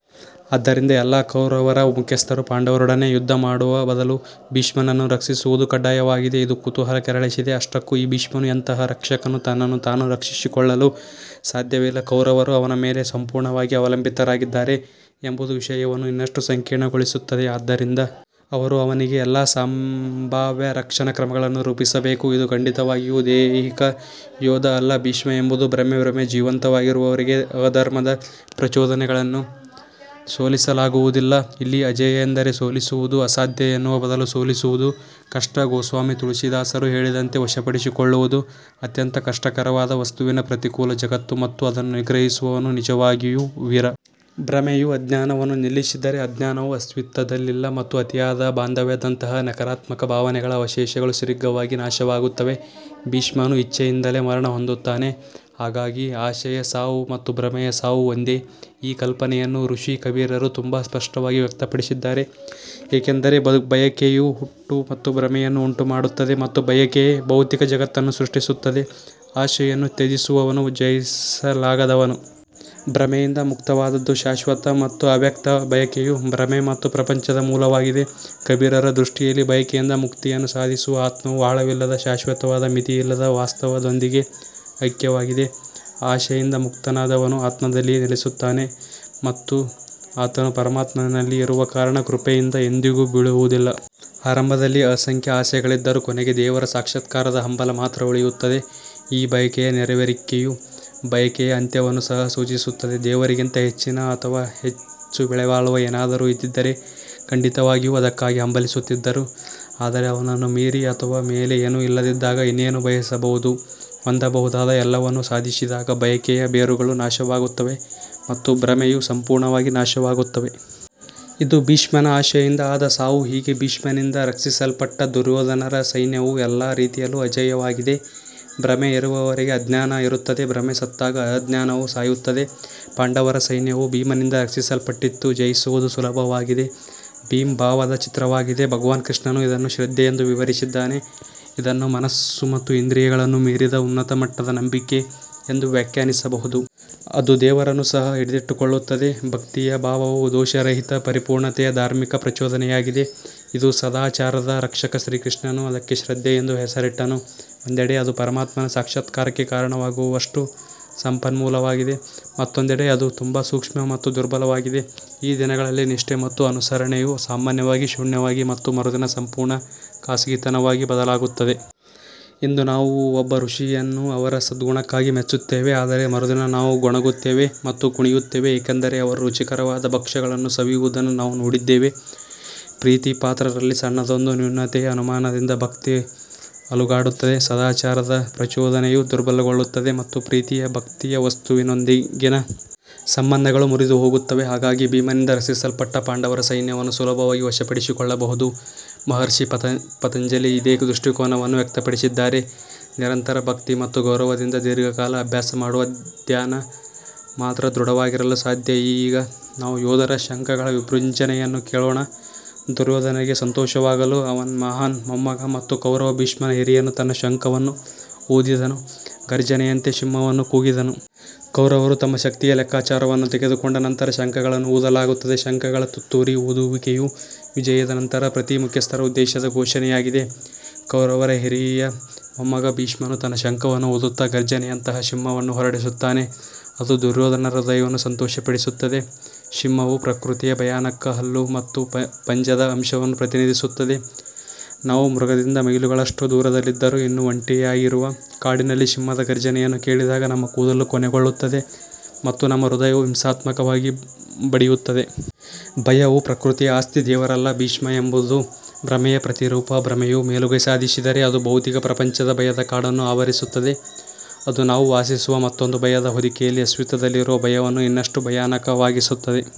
ಆದ್ದರಿಂದ ಎಲ್ಲಾ ಕೌರವರ ಮುಖ್ಯಸ್ಥರು ಪಾಂಡವರೊಡನೆ ಯುದ್ಧ ಮಾಡುವ ಬದಲು ಭೀಷ್ಮನನ್ನು ರಕ್ಷಿಸುವುದು ಕಡ್ಡಾಯವಾಗಿದೆ. ಇದು ಕುತೂಹಲ ಕೆರಳಿಸಿದೆ ಅಷ್ಟಕ್ಕೂ ಈ ಭೀಷ್ಮನು ಎಂತಹ ರಕ್ಷಕನು ತನ್ನನ್ನು ತಾನು ರಕ್ಷಿಸಿಕೊಳ್ಳಲೂ ಸಾಧ್ಯವಿಲ್ಲ ಕೌರವರೂ ಅವನ ಮೇಲೆ ಸಂಪೂರ್ಣವಾಗಿ ಅವಲಂಬಿತರಾಗಿದ್ದಾರೆ ಎಂಬುದು ವಿಷಯವನ್ನು ಇನ್ನಷ್ಟು ಸಂಕೀರ್ಣಗೊಳಿಸುತ್ತದೆ ಆದ್ದರಿಂದ ಅವರು ಅವನಿಗೆ ಎಲ್ಲಾ ಸಂಭಾವ್ಯ ರಕ್ಷಣಾ ಕ್ರಮಗಳನ್ನು ರೂಪಿಸಬೇಕು ಇದು ಖಂಡಿತವಾಗಿಯೂ ದೈಹಿಕ ಯೋಧ ಅಲ್ಲ ಭೀಷ್ಮ ಎಂಬುದು ಭ್ರಮೆ ಭ್ರಮೆ ಜೀವಂತವಾಗಿರುವವರೆಗೆ ಅಧರ್ಮದ ಪ್ರಚೋದನೆಗಳನ್ನು ಸೋಲಿಸಲಾಗುವುದಿಲ್ಲ ಇಲ್ಲಿ ಅಜೇಯ ಎಂದರೆ ಸೋಲಿಸುವುದು ಅಸಾಧ್ಯ ಎನ್ನುವ ಬದಲು ಸೋಲಿಸುವುದು ಕಷ್ಟ ಗೋಸ್ವಾಮಿ ತುಳಸಿದಾಸರು ಹೇಳಿದಂತೆ ವಶಪಡಿಸಿಕೊಳ್ಳುವುದು ಅತ್ಯಂತ ಕಷ್ಟಕರವಾದ ವಸ್ತುವಿನ ಪ್ರತಿಕೂಲ ಜಗತ್ತು ಮತ್ತು ಅದನ್ನು ನಿಗ್ರಹಿಸುವವನು ನಿಜವಾಗಿಯೂ ವೀರ. ಭ್ರಮೆಯು ಅಜ್ಞಾನವನ್ನು ನಿಲ್ಲಿಸಿದರೆ ಅಜ್ಞಾನವು ಅಸ್ತಿತ್ವದಲ್ಲಿಲ್ಲ ಮತ್ತು ಅತಿಯಾದ ಬಾಂಧವ್ಯದಂತಹ ನಕಾರಾತ್ಮಕ ಭಾವನೆಗಳ ಅವಶೇಷಗಳು ಶೀಘ್ರವಾಗಿ ನಾಶವಾಗುತ್ತವೆ ಭೀಷ್ಮನು ಇಚ್ಛೆಯಿಂದಲೇ ಮರಣ ಹೊಂದುತ್ತಾನೆ ಹಾಗಾಗಿ ಆಸೆಯ ಸಾವು ಮತ್ತು ಭ್ರಮೆಯ ಸಾವು ಒಂದೇ ಈ ಕಲ್ಪನೆಯನ್ನು ಋಷಿ ಕಬೀರರು ತುಂಬಾ ಸ್ಪಷ್ಟವಾಗಿ ವ್ಯಕ್ತಪಡಿಸಿದ್ದಾರೆ ಏಕೆಂದರೆ ಬಯಕೆಯು ಹುಟ್ಟು ಮತ್ತು ಭ್ರಮೆಯನ್ನು ಉಂಟುಮಾಡುತ್ತದೆ ಮತ್ತು ಬಯಕೆಯೇ ಭೌತಿಕ ಜಗತ್ತನ್ನು ಸೃಷ್ಟಿಸುತ್ತದೆ, ಆಸೆಯನ್ನು ತ್ಯಜಿಸುವವನು ಜಯಿಸಲಾಗದವನು. ಭ್ರಮೆಯಿಂದ ಮುಕ್ತವಾದದ್ದು ಶಾಶ್ವತ ಮತ್ತು ಅವ್ಯಕ್ತ ಬಯಕೆಯು ಭ್ರಮೆ ಮತ್ತು ಪ್ರಪಂಚದ ಮೂಲವಾಗಿದೆ ಕಬೀರರ ದೃಷ್ಟಿಯಲ್ಲಿ ಬಯಕೆಯಿಂದ ಮುಕ್ತಿಯನ್ನು ಸಾಧಿಸುವ ಆತ್ಮವು ಆಳವಿಲ್ಲದ ಶಾಶ್ವತವಾದ ಮಿತಿಯಿಲ್ಲದ ವಾಸ್ತವದೊಂದಿಗೆ ಐಕ್ಯವಾಗಿದೆ. ಆಸೆಯಿಂದ ಮುಕ್ತನಾದವನು ಆತ್ಮದಲ್ಲಿಯೇ ನೆಲೆಸುತ್ತಾನೆ ಮತ್ತು ಆತನು ಪರಮಾತ್ಮನಲ್ಲಿ ಇರುವ ಕಾರಣ ಕೃಪೆಯಿಂದ ಎಂದಿಗೂ ಬೀಳುವುದಿಲ್ಲ. ಆರಂಭದಲ್ಲಿ ಅಸಂಖ್ಯ ಆಸೆಗಳಿದ್ದರೂ ಕೊನೆಗೆ ದೇವರ ಸಾಕ್ಷಾತ್ಕಾರದ ಹಂಬಲ ಮಾತ್ರ ಉಳಿಯುತ್ತದೆ. ಈ ಬಯಕೆಯ ನೆರವೇರಿಕೆಯು ಬಯಕೆಯ ಅಂತ್ಯವನ್ನು ಸಹ ಸೂಚಿಸುತ್ತದೆ ದೇವರಿಗಿಂತ ಹೆಚ್ಚಿನ ಅಥವಾ ಹೆಚ್ಚು ಬೆಲೆಬಾಳುವ ಏನಾದರೂ ಇದ್ದಿದ್ದರೆ ಖಂಡಿತವಾಗಿಯೂ ಅದಕ್ಕಾಗಿ ಹಂಬಲಿಸುತ್ತಿದ್ದರು ಆದರೆ ಅವನನ್ನು ಮೀರಿ ಅಥವಾ ಮೇಲೆ ಏನೂ ಇಲ್ಲದಿದ್ದಾಗ ಇನ್ನೇನು ಬಯಸಬಹುದು ಹೊಂದಬಹುದಾದ ಎಲ್ಲವನ್ನೂ ಸಾಧಿಸಿದಾಗ ಬಯಕೆಯ ಬೇರುಗಳು ನಾಶವಾಗುತ್ತವೆ ಮತ್ತು ಭ್ರಮೆಯು ಸಂಪೂರ್ಣವಾಗಿ ನಾಶವಾಗುತ್ತದೆ. ಇದು ಭೀಷ್ಮನ ಆಸೆಯಿಂದ ಆದ ಸಾವು ಹೀಗೆ ಭೀಷ್ಮನಿಂದ ರಕ್ಷಿಸಲ್ಪಟ್ಟ ದುರ್ಯೋಧನರ ಸೈನ್ಯವು ಎಲ್ಲ ರೀತಿಯಲ್ಲೂ ಅಜೇಯವಾಗಿದೆ ಭ್ರಮೆ ಇರುವವರೆಗೆ ಅಜ್ಞಾನ ಇರುತ್ತದೆ ಭ್ರಮೆ ಸತ್ತಾಗ ಅಜ್ಞಾನವೂ ಸಾಯುತ್ತದೆ ಪಾಂಡವರ ಸೈನ್ಯವು ಭೀಮನಿಂದ ರಕ್ಷಿಸಲ್ಪಟ್ಟಿತು, ಜಯಿಸುವುದು ಸುಲಭವಾಗಿದೆ ಭೀಮ್ ಭಾವದ ಚಿತ್ರವಾಗಿದೆ ಭಗವಾನ್ ಕೃಷ್ಣನು ಇದನ್ನು ಶ್ರದ್ಧೆ ಎಂದು ವಿವರಿಸಿದ್ದಾನೆ, ಇದನ್ನು ಮನಸ್ಸು ಮತ್ತು ಇಂದ್ರಿಯಗಳನ್ನು ಮೀರಿದ ಉನ್ನತ ಮಟ್ಟದ ನಂಬಿಕೆ ಎಂದು ವ್ಯಾಖ್ಯಾನಿಸಬಹುದು. ಅದು ದೇವರನ್ನೂ ಸಹ ಹಿಡಿದಿಟ್ಟುಕೊಳ್ಳುತ್ತದೆ ಭಕ್ತಿಯ ಭಾವವು ದೋಷರಹಿತ ಪರಿಪೂರ್ಣತೆಯ ಧಾರ್ಮಿಕ ಪ್ರಚೋದನೆಯಾಗಿದೆ ಇದು ಸದಾಚಾರದ ರಕ್ಷಕ ಶ್ರೀಕೃಷ್ಣನು ಅದಕ್ಕೆ ಶ್ರದ್ಧೆ ಎಂದು ಹೆಸರಿಟ್ಟನು ಒಂದೆಡೆ ಅದು ಪರಮಾತ್ಮನ ಸಾಕ್ಷಾತ್ಕಾರಕ್ಕೆ ಕಾರಣವಾಗುವಷ್ಟು ಸಂಪನ್ಮೂಲವಾಗಿದೆ, ಮತ್ತೊಂದೆಡೆ ಅದು ತುಂಬಾ ಸೂಕ್ಷ್ಮ ಮತ್ತು ದುರ್ಬಲವಾಗಿದೆ, ಈ ದಿನಗಳಲ್ಲಿ ನಿಷ್ಠೆ ಮತ್ತು ಅನುಸರಣೆಯು ಸಾಮಾನ್ಯವಾಗಿ ಶೂನ್ಯವಾಗಿ ಮತ್ತು ಮರುದಿನ ಸಂಪೂರ್ಣ ಖಾಸಗಿತನವಾಗಿ ಬದಲಾಗುತ್ತದೆ. ಇಂದು ನಾವು ಒಬ್ಬ ಋಷಿಯನ್ನು ಅವರ ಸದ್ಗುಣಕ್ಕಾಗಿ ಮೆಚ್ಚುತ್ತೇವೆ ಆದರೆ ಮರುದಿನ ನಾವು ಗೊಣಗುತ್ತೇವೆ ಮತ್ತು ಕುಣಿಯುತ್ತೇವೆ ಏಕೆಂದರೆ ಅವರು ರುಚಿಕರವಾದ ಭಕ್ಷ್ಯಗಳನ್ನು ಸವಿಯುವುದನ್ನು ನಾವು ನೋಡಿದ್ದೇವೆ. ಪ್ರೀತಿಪಾತ್ರರಲ್ಲಿ ಸಣ್ಣದೊಂದು ನ್ಯೂನತೆಯ ಅನುಮಾನದಿಂದ ಭಕ್ತಿ ಅಲುಗಾಡುತ್ತದೆ ಸದಾಚಾರದ ಪ್ರಚೋದನೆಯು ದುರ್ಬಲಗೊಳ್ಳುತ್ತದೆ ಮತ್ತು ಪ್ರೀತಿಯ ಭಕ್ತಿಯ ವಸ್ತುವಿನೊಂದಿಗಿನ ಸಂಬಂಧಗಳು ಮುರಿದುಹೋಗುತ್ತವೆ ಹಾಗಾಗಿ ಭೀಮನಿಂದ ರಕ್ಷಿಸಲ್ಪಟ್ಟ ಪಾಂಡವರ ಸೈನ್ಯವನ್ನು ಸುಲಭವಾಗಿ ವಶಪಡಿಸಿಕೊಳ್ಳಬಹುದು ಮಹರ್ಷಿ ಪತಂಜಲಿ ಇದೇ ದೃಷ್ಟಿಕೋನವನ್ನು ವ್ಯಕ್ತಪಡಿಸಿದ್ದಾರೆ ನಿರಂತರ ಭಕ್ತಿ ಮತ್ತು ಗೌರವದಿಂದ ದೀರ್ಘಕಾಲ ಅಭ್ಯಾಸ ಮಾಡುವ ಧ್ಯಾನ ಮಾತ್ರ ದೃಢವಾಗಿರಲು ಸಾಧ್ಯ ಈಗ ನಾವು ಯೋಧರ ಶಂಖಗಳ ವಿಜೃಂಭಣೆಯನ್ನು ಕೇಳೋಣ ದುರ್ಯೋಧನರಿಗೆ ಸಂತೋಷವಾಗಲು ಅವನ ಮಹಾನ್ ಮೊಮ್ಮಗ ಮತ್ತು ಕೌರವ ಭೀಷ್ಮನ ಹಿರಿಯನು ತನ್ನ ಶಂಖವನ್ನು ಊದಿದನು, ಘರ್ಜನೆಯಂತೆ ಸಿಂಹವನ್ನು ಕೂಗಿದನು. ಕೌರವರು ತಮ್ಮ ಶಕ್ತಿಯ ಲೆಕ್ಕಾಚಾರವನ್ನು ತೆಗೆದುಕೊಂಡ ನಂತರ ಶಂಖಗಳನ್ನು ಊದಲಾಗುತ್ತದೆ ಶಂಖಗಳ ತುತ್ತೂರಿ ಊದುವಿಕೆಯು ವಿಜಯದ ನಂತರ ಪ್ರತಿ ಮುಖ್ಯಸ್ಥರ ಉದ್ದೇಶದ ಘೋಷಣೆಯಾಗಿದೆ. ಕೌರವರ ಹಿರಿಯ ಮೊಮ್ಮಗ ಭೀಷ್ಮನು ತನ್ನ ಶಂಖವನ್ನು ಊದುತ್ತಾ ಘರ್ಜನೆಯಂತಹ ಸಿಂಹವನ್ನು ಹೊರಡಿಸುತ್ತಾನೆ, ಅದು ದುರ್ಯೋಧನರ ಹೃದಯವನ್ನು ಸಂತೋಷಪಡಿಸುತ್ತದೆ. ಸಿಂಹವು ಪ್ರಕೃತಿಯ ಭಯಾನಕ ಹಲ್ಲು ಮತ್ತು ಪಂಜದ ಅಂಶವನ್ನು ಪ್ರತಿನಿಧಿಸುತ್ತದೆ ನಾವು ಮೃಗದಿಂದ ಮೈಲುಗಳಷ್ಟು ದೂರದಲ್ಲಿದ್ದರೂ ಇನ್ನೂ ಒಂಟಿಯಾಗಿರುವ ಕಾಡಿನಲ್ಲಿ ಸಿಂಹದ ಘರ್ಜನೆಯನ್ನು ಕೇಳಿದಾಗ ನಮ್ಮ ಕೂದಲು ಕೊನೆಗೊಳ್ಳುತ್ತದೆ ಮತ್ತು ನಮ್ಮ ಹೃದಯವು ಹಿಂಸಾತ್ಮಕವಾಗಿ ಬಡಿಯುತ್ತದೆ. ಭಯವು ಪ್ರಕೃತಿಯ ಆಸ್ತಿ ದೇವರಲ್ಲ ಭೀಷ್ಮ ಎಂಬುದು ಭ್ರಮೆಯ ಪ್ರತಿರೂಪ ಭ್ರಮೆಯು ಮೇಲುಗೈ ಸಾಧಿಸಿದರೆ ಅದು ಭೌತಿಕ ಪ್ರಪಂಚದ ಭಯದ ಕಾಡನ್ನು ಆವರಿಸುತ್ತದೆ, ಅದು ನಾವು ವಾಸಿಸುವ ಮತ್ತೊಂದು ಭಯದ ಹೊದಿಕೆಯಲ್ಲಿ ಅಸ್ತಿತ್ವದಲ್ಲಿರುವ ಭಯವನ್ನು ಇನ್ನಷ್ಟು ಭಯಾನಕವಾಗಿಸುತ್ತದೆ.